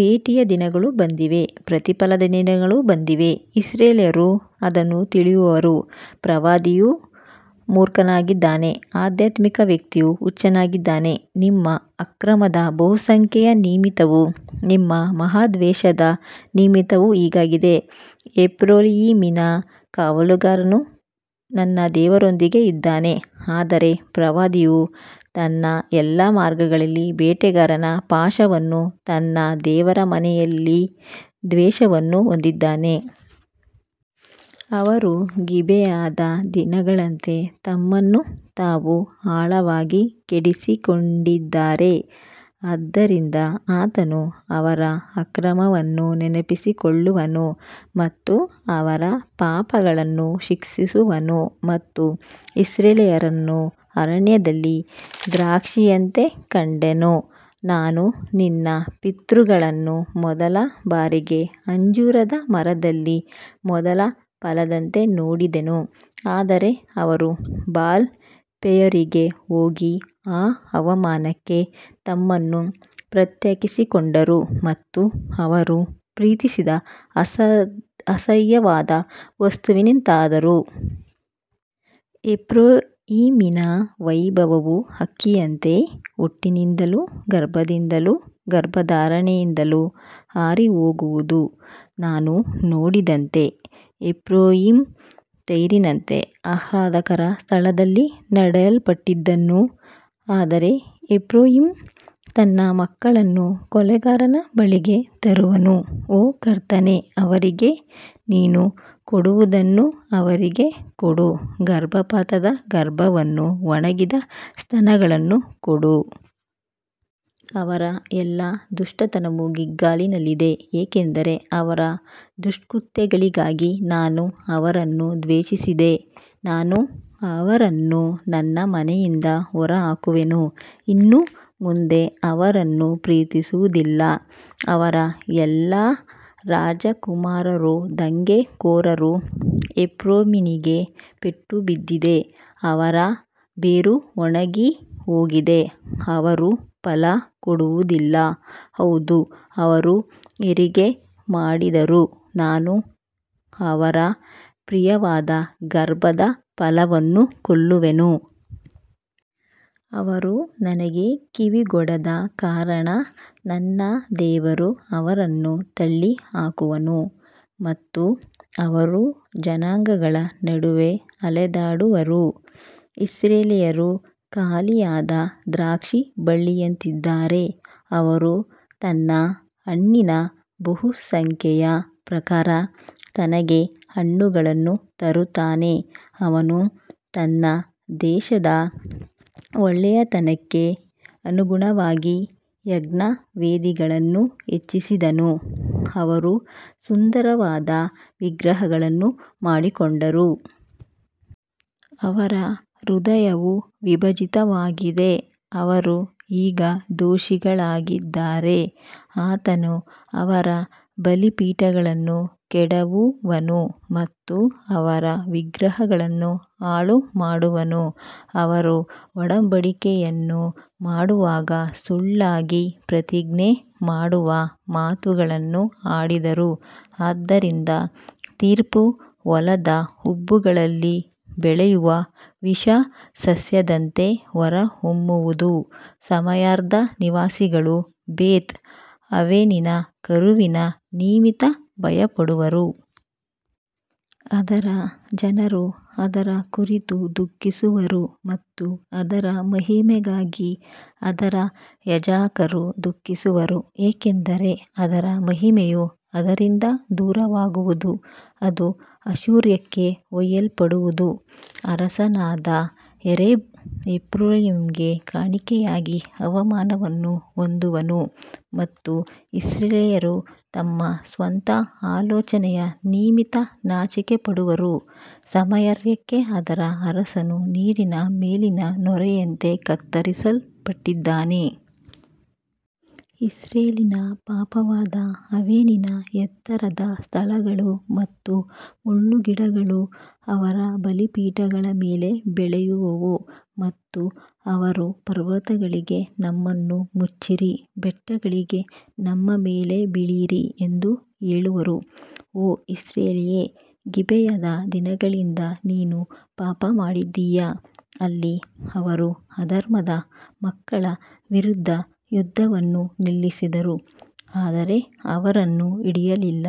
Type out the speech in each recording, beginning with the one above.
ಭೇಟಿಯ ದಿನಗಳು ಬಂದಿವೆ, ಪ್ರತಿಫಲದ ದಿನಗಳು ಬಂದಿವೆ, ಇಸ್ರಾಯೇಲ್ಯರು ಅದನ್ನು ತಿಳಿಯುವರು. ಪ್ರವಾದಿಯು ಮೂರ್ಖನಾಗಿದ್ದಾನೆ, ಆಧ್ಯಾತ್ಮಿಕ ವ್ಯಕ್ತಿಯು ಹುಚ್ಚನಾಗಿದ್ದಾನೆ, ನಿಮ್ಮ ಅಕ್ರಮದ ಬಹುಸಂಖ್ಯೆಯ ನಿಮಿತ್ತವೂ ನಿಮ್ಮ ಮಹಾದ್ವೇಷದ ನಿಮಿತ್ತವೂ ಹೀಗಾಗಿದೆ. ಎಫ್ರಾಯೀಮಿನ ಕಾವಲುಗಾರನು ನನ್ನ ದೇವರೊಂದಿಗೆ ಇದ್ದಾನೆ, ಆದರೆ ಪ್ರವಾದಿಯು ತನ್ನ ಎಲ್ಲಾ ಮಾರ್ಗಗಳಲ್ಲಿ ಬೇಟೆಗಾರನ ಪಾಶವನ್ನೂ ತನ್ನ ದೇವರ ಮನೆಯಲ್ಲಿ ದ್ವೇಷವನ್ನೂ ಹೊಂದಿದ್ದಾನೆ. ಅವರು ಗಿಬೆಯದ ದಿನಗಳಂತೆ ತಮ್ಮನ್ನು ತಾವು ಆಳವಾಗಿ ಕೆಡಿಸಿಕೊಂಡಿದ್ದಾರೆ, ಆದ್ದರಿಂದ ಆತನು ಅವರ ಅಕ್ರಮವನ್ನು ನೆನಪಿಸಿಕೊಳ್ಳುವನು ಮತ್ತು ಅವರ ಪಾಪಗಳನ್ನು ಶಿಕ್ಷಿಸುವನು. ನಾನು ಇಸ್ರಾಯೇಲ್ಯರನ್ನು ಅರಣ್ಯದಲ್ಲಿ ದ್ರಾಕ್ಷಿಯಂತೆ ಕಂಡೆನು, ನಾನು ನಿನ್ನ ಪಿತೃಗಳನ್ನು ಮೊದಲ ಬಾರಿಗೆ ಅಂಜೂರದ ಮರದಲ್ಲಿ ಮೊದಲ ಫಲದಂತೆ ನೋಡಿದೆನು, ಆದರೆ ಅವರು ಬಾಲ್ ಪೆಯೋರಿಗೆ ಹೋಗಿ ಆ ಅವಮಾನಕ್ಕೆ ತಮ್ಮನ್ನು ಪ್ರತ್ಯೇಕಿಸಿಕೊಂಡರು ಮತ್ತು ಅವರು ಪ್ರೀತಿಸಿದ ಅಸಹ್ಯವಾದ ವಸ್ತುವಿನಂತಾದರು. ಎಫ್ರಾಯೀಮಿನ ವೈಭವವು ಹಕ್ಕಿಯಂತೆ ಹುಟ್ಟಿನಿಂದಲೂ ಗರ್ಭದಿಂದಲೂ ಗರ್ಭಧಾರಣೆಯಿಂದಲೂ ಹಾರಿಹೋಗುವುದು. ನಾನು ನೋಡಿದಂತೆ ಎಫ್ರಾಯೀಮ್ ಟೈರಿನಂತೆ ಆಹ್ಲಾದಕರ ಸ್ಥಳದಲ್ಲಿ ನೆಡಲ್ಪಟ್ಟಿದ್ದನು, ಆದರೆ ಎಫ್ರಾಯೀಮ್ ತನ್ನ ಮಕ್ಕಳನ್ನು ಕೊಲೆಗಾರನ ಬಳಿಗೆ ತರುವನು. ಓ ಕರ್ತನೇ, ಅವರಿಗೆ ನೀನು ಕೊಡುವುದನ್ನು ಅವರಿಗೆ ಕೊಡು, ಗರ್ಭಪಾತದ ಗರ್ಭವನ್ನೂ ಒಣಗಿದ ಸ್ತನಗಳನ್ನೂ ಕೊಡು. ಅವರ ಎಲ್ಲಾ ದುಷ್ಟತನವು ಗಿಲ್ಗಾಲಿನಲ್ಲಿದೆ, ಏಕೆಂದರೆ ಅವರ ದುಷ್ಕೃತ್ಯಗಳಿಗಾಗಿ ನಾನು ಅವರನ್ನು ದ್ವೇಷಿಸಿದೆ. ನಾನು ಅವರನ್ನು ನನ್ನ ಮನೆಯಿಂದ ಹೊರಹಾಕುವೆನು, ಇನ್ನು ಮುಂದೆ ಅವರನ್ನು ಪ್ರೀತಿಸುವುದಿಲ್ಲ. ಅವರ ಎಲ್ಲಾ ರಾಜಕುಮಾರರು ದಂಗೆಕೋರರು. ಎಫ್ರಾಯೀಮಿಗೆ ಪೆಟ್ಟು ಬಿದ್ದಿದೆ, ಅವರ ಬೇರು ಒಣಗಿಹೋಗಿದೆ, ಅವರು ಫಲ ಕೊಡುವುದಿಲ್ಲ. ಹೌದು, ಅವರು ಹೆರಿಗೆ ಮಾಡಿದರೂ ನಾನು ಅವರ ಪ್ರಿಯವಾದ ಗರ್ಭದ ಫಲವನ್ನೂ ಕೊಲ್ಲುವೆನು. ಅವರು ನನಗೆ ಕಿವಿಗೊಡದ ಕಾರಣ ನನ್ನ ದೇವರು ಅವರನ್ನು ತಳ್ಳಿಹಾಕುವನು ಮತ್ತು ಅವರು ಜನಾಂಗಗಳ ನಡುವೆ ಅಲೆದಾಡುವರು. ಇಸ್ರಾಯೇಲ್ಯರು ಖಾಲಿಯಾದ ದ್ರಾಕ್ಷಿಬಳ್ಳಿಯಂತಿದ್ದಾರೆ, ಅವನು ತನ್ನ ಹಣ್ಣಿನ ಬಹುಸಂಖ್ಯೆಯ ಪ್ರಕಾರ ತನಗೆ ಹಣ್ಣುಗಳನ್ನು ತರುತ್ತಾನೆ. ಅವನು ತನ್ನ ದೇಶದ ಒಳ್ಳೆಯತನಕ್ಕೆ ಅನುಗುಣವಾಗಿ ಯಜ್ಞವೇದಿಗಳನ್ನು ಹೆಚ್ಚಿಸಿದನು, ಅವರು ಸುಂದರವಾದ ವಿಗ್ರಹಗಳನ್ನು ಮಾಡಿಕೊಂಡರು. ಅವರ ಹೃದಯವು ವಿಭಜಿತವಾಗಿದೆ, ಅವರು ಈಗ ದೋಷಿಗಳಾಗಿದ್ದಾರೆ. ಆತನು ಅವರ ಬಲಿಪೀಠಗಳನ್ನು ಕೆಡವುವನು ಮತ್ತು ಅವರ ವಿಗ್ರಹಗಳನ್ನು ಹಾಳುಮಾಡುವನು. ಅವರು ಒಡಂಬಡಿಕೆಯನ್ನು ಮಾಡುವಾಗ ಸುಳ್ಳಾಗಿ ಪ್ರತಿಜ್ಞೆ ಮಾಡುವ ಮಾತುಗಳನ್ನು ಆಡಿದರು, ಆದ್ದರಿಂದ ತೀರ್ಪು ಹೊಲದ ಉಬ್ಬುಗಳಲ್ಲಿ ಬೆಳೆಯುವ ವಿಷಸಸ್ಯದಂತೆ ಹೊರಹೊಮ್ಮುವುದು. ಸಮಾರ್ಯದ ನಿವಾಸಿಗಳು ಬೇತ್ ಆವೆನಿನ ಕರುವಿನ ನಿಮಿತ್ತ ಭಯಪಡುವರು. ಅದರ ಜನರು ಅದರ ಕುರಿತು ದುಃಖಿಸುವರು ಮತ್ತು ಅದರ ಮಹಿಮೆಗಾಗಿ ಅದರ ಯಾಜಕರು ದುಃಖಿಸುವರು, ಏಕೆಂದರೆ ಅದರ ಮಹಿಮೆಯು ಅದರಿಂದ ದೂರವಾಗುವುದು. ಅದು ಅಶ್ಶೂರಕ್ಕೆ ಒಯ್ಯಲ್ಪಡುವುದು, ಅರಸನಾದ ಯಾರೆಬ್ ಎಫ್ರಾಯೀಮಿಗೆ ಕಾಣಿಕೆಯಾಗಿ ಅವಮಾನವನ್ನು ಹೊಂದುವನು ಮತ್ತು ಇಸ್ರಾಯೇಲ್ಯರು ತಮ್ಮ ಸ್ವಂತ ಆಲೋಚನೆಯ ನಿಮಿತ್ತ ನಾಚಿಕೆಪಡುವರು. ಸಮಾರ್ಯಕ್ಕೆ ಅದರ ಅರಸನು ನೀರಿನ ಮೇಲಿನ ನೊರೆಯಂತೆ ಕತ್ತರಿಸಲ್ಪಟ್ಟಿದ್ದಾನೆ. ಇಸ್ರಾಯೇಲಿನ ಪಾಪವಾದ ಅವೆನ್ನಿನ ಎತ್ತರದ ಸ್ಥಳಗಳು ನಾಶವಾಗುವವು, ಮುಳ್ಳುಗಳು ಮತ್ತು ಮುಳ್ಳುಗಿಡಗಳು ಅವರ ಬಲಿಪೀಠಗಳ ಮೇಲೆ ಬೆಳೆಯುವವು ಮತ್ತು ಅವರು ಪರ್ವತಗಳಿಗೆ, ನಮ್ಮನ್ನು ಮುಚ್ಚಿರಿ, ಬೆಟ್ಟಗಳಿಗೆ, ನಮ್ಮ ಮೇಲೆ ಬೀಳಿರಿ ಎಂದು ಹೇಳುವರು. ಓ ಇಸ್ರಾಯೇಲೇ, ಗಿಬೆಯದ ದಿನಗಳಿಂದ ನೀನು ಪಾಪಮಾಡಿದ್ದೀಯ. ಅಲ್ಲಿ ಅವರು ಅಧರ್ಮದ ಮಕ್ಕಳ ವಿರುದ್ಧ ಯುದ್ಧವನ್ನು ನಿಲ್ಲಿಸಿದರು, ಆದರೆ ಅವರನ್ನು ಹಿಡಿಯಲಿಲ್ಲ.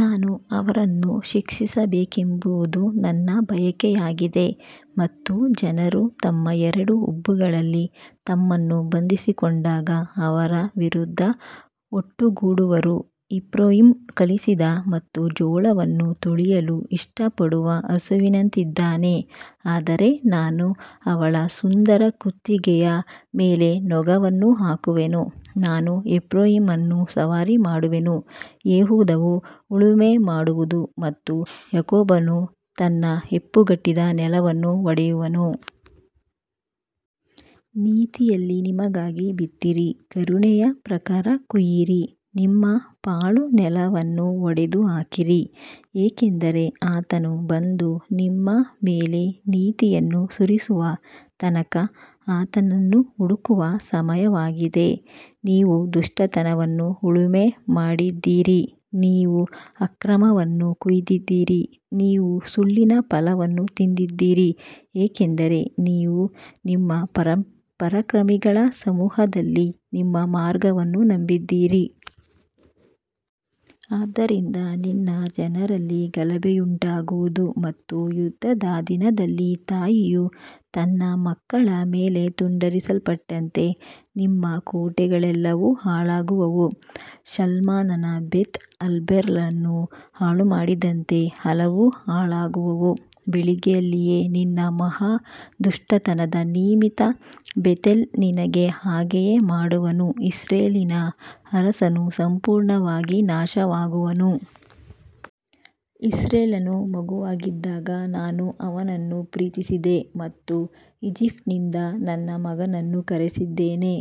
ನಾನು ಅವರನ್ನು ಶಿಕ್ಷಿಸಬೇಕೆಂಬುದು ನನ್ನ ಬಯಕೆಯಾಗಿದೆ ಮತ್ತು ಜನರು ತಮ್ಮ ಎರಡು ಉಬ್ಬುಗಳಲ್ಲಿ ತಮ್ಮನ್ನು ಬಂಧಿಸಿಕೊಂಡಾಗ ಅವರ ವಿರುದ್ಧ ಒಟ್ಟುಗೂಡುವರು. ಎಫ್ರಾಯೀಮ್ ಕಲಿಸಿದ ಮತ್ತು ಜೋಳವನ್ನು ತುಳಿಯಲು ಇಷ್ಟಪಡುವ ಹಸುವಿನಂತಿದ್ದಾನೆ, ಆದರೆ ನಾನು ಅವಳ ಸುಂದರ ಕುತ್ತಿಗೆಯ ಮೇಲೆ ನೊಗವನ್ನು ಹಾಕುವೆನು. ನಾನು ಎಫ್ರಾಯೀಮನ್ನು ಸವಾರಿ ಮಾಡುವೆನು, ಯೆಹೂದವು ಉಳುಮೆ ಮಾಡುವುದು ಮತ್ತು ಯಾಕೋಬನು ತನ್ನ ಹೆಪ್ಪುಗಟ್ಟಿದ ನೆಲವನ್ನು ಒಡೆಯುವನು. ನೀತಿಯಲ್ಲಿ ನಿಮಗಾಗಿ ಬಿತ್ತಿರಿ, ಕರುಣೆಯ ಪ್ರಕಾರ ಕೊಯ್ಯಿರಿ, ನಿಮ್ಮ ಪಾಳು ನೆಲವನ್ನು ಒಡೆದುಹಾಕಿರಿ, ಏಕೆಂದರೆ ಆತನು ಬಂದು ನಿಮ್ಮ ಮೇಲೆ ನೀತಿಯನ್ನು ಸುರಿಸುವ ತನಕ ಆತನನ್ನು ಹುಡುಕುವ ಸಮಯವಾಗಿದೆ. ನೀವು ದುಷ್ಟತನವನ್ನು ಉಳುಮೆ ಮಾಡಿದ್ದೀರಿ, ನೀವು ಅಕ್ರಮವನ್ನು ಕೊಯ್ದಿದ್ದೀರಿ, ನೀವು ಸುಳ್ಳಿನ ಫಲವನ್ನು ತಿಂದಿದ್ದೀರಿ, ಏಕೆಂದರೆ ನೀವು ನಿಮ್ಮ ಪರಾಕ್ರಮಿಗಳ ಸಮೂಹದಲ್ಲಿ ನಿಮ್ಮ ಮಾರ್ಗವನ್ನು ನಂಬಿದ್ದೀರಿ. ಆದ್ದರಿಂದ ನಿನ್ನ ಜನರಲ್ಲಿ ಗಲಭೆಯುಂಟಾಗುವುದು ಮತ್ತು ಯುದ್ಧದ ದಿನದಲ್ಲಿ ತಾಯಿಯು ತನ್ನ ಮಕ್ಕಳ ಮೇಲೆ ತುಂಡರಿಸಲ್ಪಟ್ಟಂತೆ ನಿಮ್ಮ ಕೋಟೆಗಳೆಲ್ಲವೂ ಹಾಳಾಗುವವು. ಶಾಲ್ಮಾನನು ಬೇತ್ ಅರ್ಬೇಲನ್ನು ಹಾಳುಮಾಡಿದಂತೆ ಅವು ಹಾಳಾಗುವವು. ಬೆಳಿಗ್ಗೆಯಲ್ಲಿಯೇ ನಿನ್ನ ಮಹಾ ದುಷ್ಟತನದ ನಿಮಿತ್ತ ಬೇತೇಲ್ ನಿನಗೆ ಹಾಗೆಯೇ ಮಾಡುವನು. ಇಸ್ರಾಯೇಲಿನ ಅರಸನು ಸಂಪೂರ್ಣವಾಗಿ ನಾಶವಾಗುವನು. ಇಸ್ರಾಯೇಲ್ ಮಗುವಾಗಿದ್ದಾಗ ನಾನು ಅವನನ್ನು ಪ್ರೀತಿಸಿದೆ ಮತ್ತು ಈಜಿಪ್ಟಿನಿಂದ ನನ್ನ ಮಗನನ್ನು ಕರೆದಿದ್ದೇನೆ.